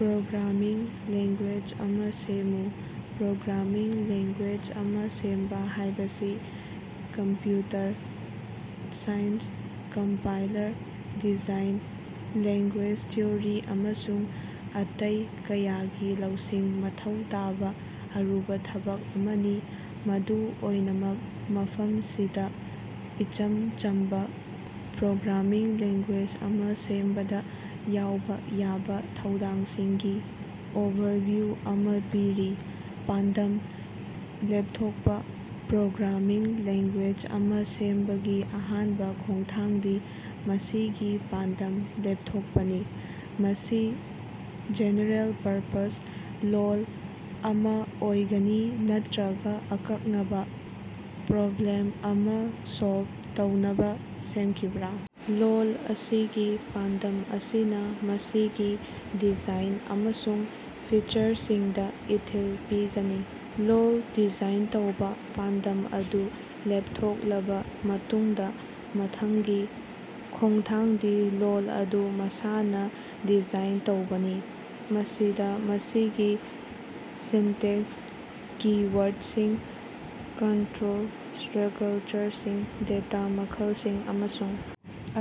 Programming language ꯑꯃꯥ ꯁꯦꯝꯃꯨ꯫ Programming language ꯑꯃꯥ ꯁꯦꯝꯕ ꯍꯥꯏꯕꯁꯤ computer science, compiler design, language theory ꯑꯃꯁꯨꯡ ꯑꯇꯩ ꯀꯌꯥꯒꯤ ꯂꯧꯁꯤꯡ ꯃꯊꯧ ꯇꯥꯕ ꯑꯔꯨꯕ ꯊꯕꯛ ꯑꯃꯅꯤ꯫ ꯑꯗꯨꯝ ꯑꯣꯏꯅꯃꯛ, ꯃꯐꯝꯁꯤꯗ ꯏꯆꯝ ꯆꯝꯕꯥ ꯄ꯭ꯔꯣꯒ꯭ꯔꯥꯃꯤꯡ ꯂꯦꯡ꯭ꯒꯨꯌꯦꯖ ꯑꯃꯥ ꯁꯦꯝꯕꯗ ꯌꯥꯎꯕ ꯌꯥꯕ ꯈꯣꯡꯊꯥꯡꯁꯤꯡꯒꯤ ꯑꯣꯚꯔꯚꯤꯌꯨ ꯑꯃꯥ ꯄꯤꯔꯤ꯫ ꯄꯥꯟꯗꯝ ꯂꯦꯞꯊꯣꯛꯄ ꯄ꯭ꯔꯣꯒ꯭ꯔꯥꯃꯤꯡ ꯂꯦꯡ꯭ꯒꯨꯌꯦꯖ ꯑꯃꯥ ꯁꯦꯝꯕꯒꯤ ꯑꯍꯥꯟꯕ ꯈꯣꯡꯊꯥꯡꯗꯤ ꯃꯁꯤꯒꯤ ꯄꯥꯟꯗꯝ ꯂꯦꯞꯊꯣꯛꯄꯅꯤ꯫ ꯃꯁꯤ ꯖꯦꯅꯔꯦꯜ-ꯄꯔꯄꯣꯖ ꯂꯣꯜ ꯑꯃꯥ ꯑꯣꯏꯒꯅꯤ ꯅꯠꯇ꯭ꯔꯒ ꯑꯀꯛꯅꯕ ꯄ꯭ꯔꯣꯕ꯭ꯂꯦꯝ ꯑꯃꯥ ꯁꯣꯜꯕ ꯇꯧꯅꯕ ꯁꯦꯝꯈꯤꯕꯔꯥ? ꯂꯣꯜ ꯑꯁꯤꯒꯤ ꯄꯥꯟꯗꯝ ꯑꯁꯤꯅꯥ ꯃꯁꯤꯒꯤ ꯗꯤꯖꯥꯏꯟ ꯑꯃꯁꯨꯡ ꯐꯤꯆꯔꯁꯤꯡꯗ ꯏꯊꯤꯜ ꯄꯤꯒꯅꯤ꯫ ꯂꯣꯜ ꯗꯤꯖꯥꯏꯟ ꯇꯧꯕ ꯄꯥꯟꯗꯝ ꯑꯗꯨ ꯂꯦꯞꯊꯣꯛꯂꯕ ꯃꯇꯨꯡꯗ ꯃꯊꯪꯒꯤ ꯈꯣꯡꯊꯥꯡꯗꯤ ꯂꯣꯜ ꯑꯗꯨ ꯃꯁꯥꯅꯥ ꯗꯤꯖꯥꯏꯟ ꯇꯧꯕꯅꯤ꯫ ꯃꯁꯤꯗꯥ ꯃꯁꯤꯒꯤ ꯁꯤꯟꯇꯦꯛꯁ, ꯀꯤ-ꯋꯥꯔꯗꯁꯤꯡ, ꯀꯟꯠꯔꯣꯜ ꯁ꯭ꯠꯔꯀꯆꯔꯁꯤꯡ, ꯗꯦꯇꯥ ꯃꯈꯜꯁꯤꯡ ꯑꯃꯁꯨꯡ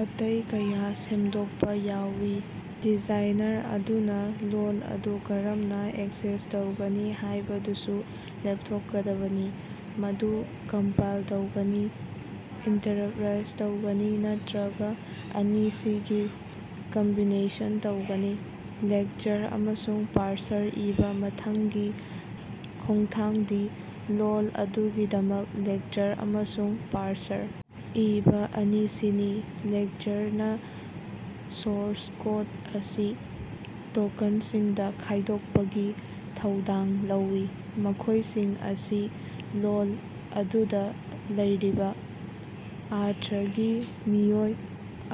ꯑꯇꯩ ꯀꯌꯥ ꯁꯦꯝꯗꯣꯛꯄꯥ ꯌꯥꯎꯏ꯫ ꯗꯤꯖꯥꯏꯅꯔ ꯑꯗꯨꯅ ꯂꯣꯜ ꯑꯗꯨ ꯀꯔꯝꯅ ꯑꯦꯛꯁꯦꯁ ꯇꯧꯒꯅꯤ ꯍꯥꯏꯕꯗꯨꯁꯨ ꯂꯦꯞꯊꯣꯛꯀꯗꯕꯅꯤ, ꯃꯗꯨ ꯀꯝꯄꯥꯏꯜ ꯇꯧꯒꯅꯤ, ꯏꯟꯇꯔꯞꯔꯥꯏꯖ ꯇꯧꯒꯅꯤ ꯅꯠꯇ꯭ꯔꯒ ꯑꯅꯤꯁꯤꯒꯤ ꯀꯝꯕꯤꯅꯦꯁꯟ ꯇꯧꯒꯅꯤ꯫ ꯂꯦꯛꯁꯔ ꯑꯃꯁꯨꯡ ꯄꯥꯔꯁꯔ ꯏꯕꯥ ꯃꯊꯪꯒꯤ ꯈꯣꯡꯊꯥꯡꯗꯤ ꯂꯣꯜ ꯑꯗꯨꯒꯤꯗꯃꯛ ꯂꯦꯛꯁꯔ ꯑꯃꯁꯨꯡ ꯄꯥꯔꯁꯔ ꯏꯕꯥ ꯑꯁꯤꯅꯤ꯫ ꯂꯦꯛꯁꯔꯅꯥ ꯁꯣꯔꯁ ꯀꯣꯠ ꯑꯁꯤ ꯇꯣꯛꯀꯟꯁꯤꯡꯗ ꯈꯥꯏꯗꯣꯛꯄꯒꯤ ꯊꯧꯗꯥꯡ ꯂꯧꯏ, ꯃꯈꯣꯏꯁꯤꯡ ꯑꯁꯤ ꯂꯣꯜ ꯑꯗꯨꯗꯥ ꯂꯩꯔꯤꯕ ꯑꯔꯊꯒꯤ ꯃꯤꯑꯣꯏ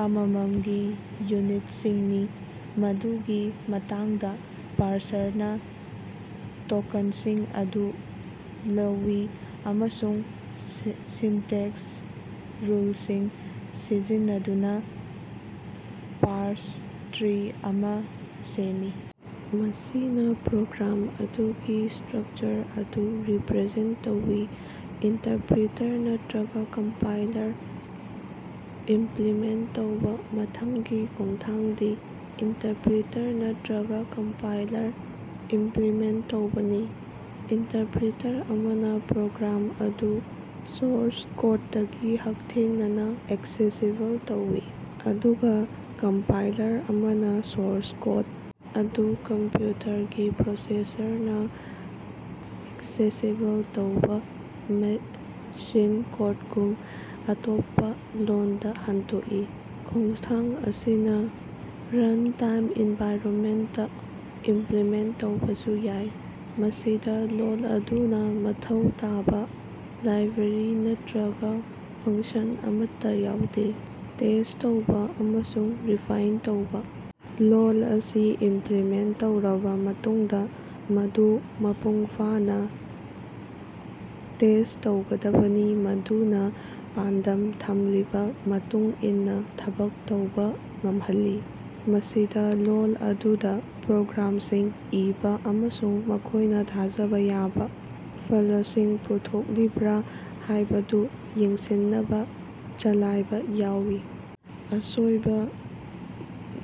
ꯑꯃꯃꯝꯒꯤ ꯌꯨꯅꯤꯠꯁꯤꯡꯅꯤ꯫ ꯃꯗꯨꯒꯤ ꯃꯇꯨꯡꯗꯥ ꯄꯥꯔꯁꯔꯅꯥ ꯇꯣꯛꯀꯟꯁꯤꯡ ꯑꯗꯨ ꯂꯧꯏ ꯑꯃꯁꯨꯡ ꯁꯤꯟꯇꯦꯛꯁ ꯔꯨꯜꯁꯤꯡ ꯁꯤꯖꯤꯟꯅꯗꯨꯅꯥ ꯄꯥꯔꯁ ꯇ꯭ꯔꯤ ꯑꯃꯥ ꯁꯦꯝꯃꯤ, ꯃꯁꯤꯅꯥ ꯄ꯭ꯔꯣꯒ꯭ꯔꯥꯝ ꯑꯗꯨꯒꯤ ꯁ꯭ꯠꯔꯀꯆꯔ ꯑꯗꯨ ꯔꯤꯞꯔꯖꯦꯟ ꯇꯧꯏ꯫ ꯏꯟꯇꯔꯞꯔꯤꯇꯔ ꯅꯠꯇ꯭ꯔꯒ ꯀꯝꯄꯥꯏꯂꯔ ꯏꯝꯞꯂꯤꯃꯦꯟꯠ ꯇꯧꯕ ꯃꯊꯪꯒꯤ ꯈꯣꯡꯊꯥꯡꯗꯤ ꯏꯟꯇꯔꯞꯔꯤꯇꯔ ꯅꯠꯇ꯭ꯔꯒꯥ ꯀꯝꯄꯥꯏꯂꯔ ꯏꯝꯞꯂꯤꯃꯦꯟꯠ ꯇꯧꯕꯅꯤ꯫ ꯏꯟꯇꯔꯞꯔꯤꯇꯔ ꯑꯃꯅꯥ ꯄ꯭ꯔꯣꯒ꯭ꯔꯥꯝ ꯑꯗꯨ ꯁꯣꯔꯁ ꯀꯣꯠꯇꯒꯤ ꯍꯛꯊꯦꯡꯅꯅꯥ ꯑꯦꯛꯁꯦꯁꯤꯕꯜ ꯇꯧꯏ, ꯑꯗꯨꯒꯥ ꯀꯝꯄꯥꯏꯂꯔ ꯑꯃꯅꯥ ꯁꯣꯔꯁ ꯀꯣꯠ ꯑꯗꯨ ꯀꯝꯞꯌꯨꯇꯔꯒꯤ ꯄ꯭ꯔꯣꯁꯦꯁꯔꯅꯥ ꯑꯦꯛꯁꯦꯁꯤꯕꯜ ꯇꯧꯕ ꯌꯥꯕ ꯃꯦꯁꯤꯟ ꯀꯣꯠꯒꯨꯝꯕ ꯑꯇꯣꯞꯄꯥ ꯂꯣꯟꯗꯥ ꯍꯟꯗꯣꯛꯏ꯫ ꯈꯣꯡꯊꯥꯡ ꯑꯁꯤꯅꯥ ꯔꯟꯇꯥꯏꯝ ꯑꯦꯟꯚꯥꯏꯔꯣꯝꯃꯦꯟꯇ ꯏꯝꯞꯂꯤꯃꯦꯟꯠ ꯇꯧꯕꯁꯨ ꯌꯥꯎꯏ, ꯃꯁꯤꯗꯥ ꯂꯣꯜ ꯑꯗꯨꯅ ꯃꯊꯧ ꯇꯥꯕ ꯂꯥꯏꯕ꯭ꯔꯦꯔꯤ ꯅꯠꯇ꯭ꯔꯒ ꯐꯪꯁꯟ ꯑꯃꯠꯇꯥ ꯌꯥꯎꯗꯦ꯫ ꯇꯦꯁ꯭ꯠ ꯇꯧꯕꯥ ꯑꯃꯁꯨꯡ ꯔꯤꯐꯥꯏꯟꯅꯥ ꯇꯧꯕꯥ ꯂꯣꯜ ꯑꯁꯤ ꯏꯝꯞꯂꯤꯃꯦꯟꯠ ꯇꯧꯔꯕ ꯃꯇꯨꯡꯗꯥ ꯃꯗꯨ ꯃꯄꯨꯡ ꯐꯥꯅꯥ ꯇꯦꯁ꯭ꯠ ꯇꯧꯒꯗꯕꯅꯤ ꯃꯗꯨꯅꯥ ꯄꯥꯟꯗꯝ ꯊꯝꯂꯤꯕꯥ ꯃꯇꯨꯡ ꯏꯟꯅꯥ ꯊꯕꯛ ꯇꯧꯕꯥ ꯉꯝꯍꯜꯂꯤ꯫ ꯃꯁꯤꯗꯥ ꯂꯣꯜ ꯑꯗꯨꯗꯥ ꯄ꯭ꯔꯣꯒ꯭ꯔꯥꯝꯁꯤꯡ ꯏꯕꯥ ꯑꯃꯁꯨꯡ ꯃꯈꯣꯏꯅ ꯊꯥꯖꯕ ꯌꯥꯕ ꯐꯂꯁꯤꯡ ꯄꯨꯊꯣꯛꯂꯤꯕ꯭ꯔꯥ ꯍꯥꯏꯕꯗꯨ ꯌꯦꯡꯁꯤꯟꯅꯕ ꯆꯂꯥꯏꯕ ꯌꯥꯎꯏ꯫ ꯑꯁꯣꯏꯕ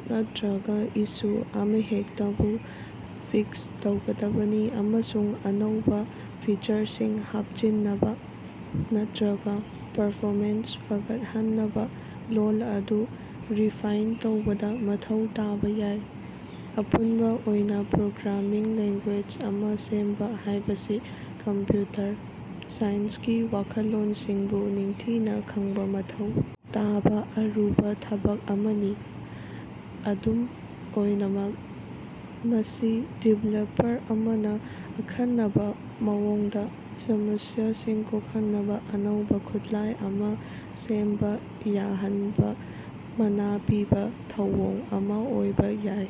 ꯅꯠꯇ꯭ꯔꯒ ꯏꯁꯨ ꯑꯃꯍꯦꯛꯇꯕꯨ ꯐꯤꯛꯁ ꯇꯧꯒꯗꯕꯅꯤ, ꯑꯃꯁꯨꯡ ꯑꯅꯧꯕ ꯐꯤꯆꯔꯁꯤꯡ ꯍꯥꯞꯆꯤꯟꯅꯕ ꯅꯠꯇ꯭ꯔꯒ ꯄꯔꯐꯣꯃꯦꯟꯁ ꯐꯒꯠꯍꯟꯅꯕ ꯂꯣꯜ ꯑꯗꯨ ꯔꯤꯐꯥꯏꯟꯗ ꯇꯧꯕ ꯃꯊꯧ ꯇꯥꯕ ꯌꯥꯏ꯫ ꯑꯄꯨꯟꯕ ꯑꯣꯏꯅ ꯄ꯭ꯔꯣꯒ꯭ꯔꯥꯝꯃꯤꯡ ꯂꯦꯡ꯭ꯒꯨꯌꯦꯖ ꯑꯃꯥ ꯁꯦꯝꯕ ꯍꯥꯏꯕꯁꯤ ꯀꯝꯞꯌꯨꯇꯔ ꯁꯥꯏꯟꯁꯀꯤ ꯋꯥꯈꯜꯂꯣꯟꯁꯤꯡꯕꯨ ꯅꯤꯡꯊꯤꯅꯥ ꯈꯪꯕ ꯃꯊꯧ ꯇꯥꯕ ꯑꯔꯨꯕ ꯊꯕꯛ ꯑꯃꯅꯤ꯫ ꯑꯗꯨꯝ ꯑꯣꯏꯅꯃꯛ, ꯃꯁꯤ ꯗꯤꯕꯦꯂꯄꯔ ꯑꯃꯅꯥ ꯑꯈꯟꯅꯕ ꯃꯑꯣꯡꯗꯥ ꯁꯃꯁ꯭ꯌꯥꯁꯤꯡ ꯀꯣꯛꯍꯟꯅꯕ ꯑꯅꯧꯕ ꯈꯨꯠꯂꯥꯏ ꯑꯃꯥ ꯁꯦꯝꯕ ꯌꯥꯍꯟꯕ ꯃꯅꯥ ꯄꯤꯕ ꯊꯧꯑꯣꯡ ꯑꯃꯥ ꯑꯣꯏꯕ ꯌꯥꯏ꯫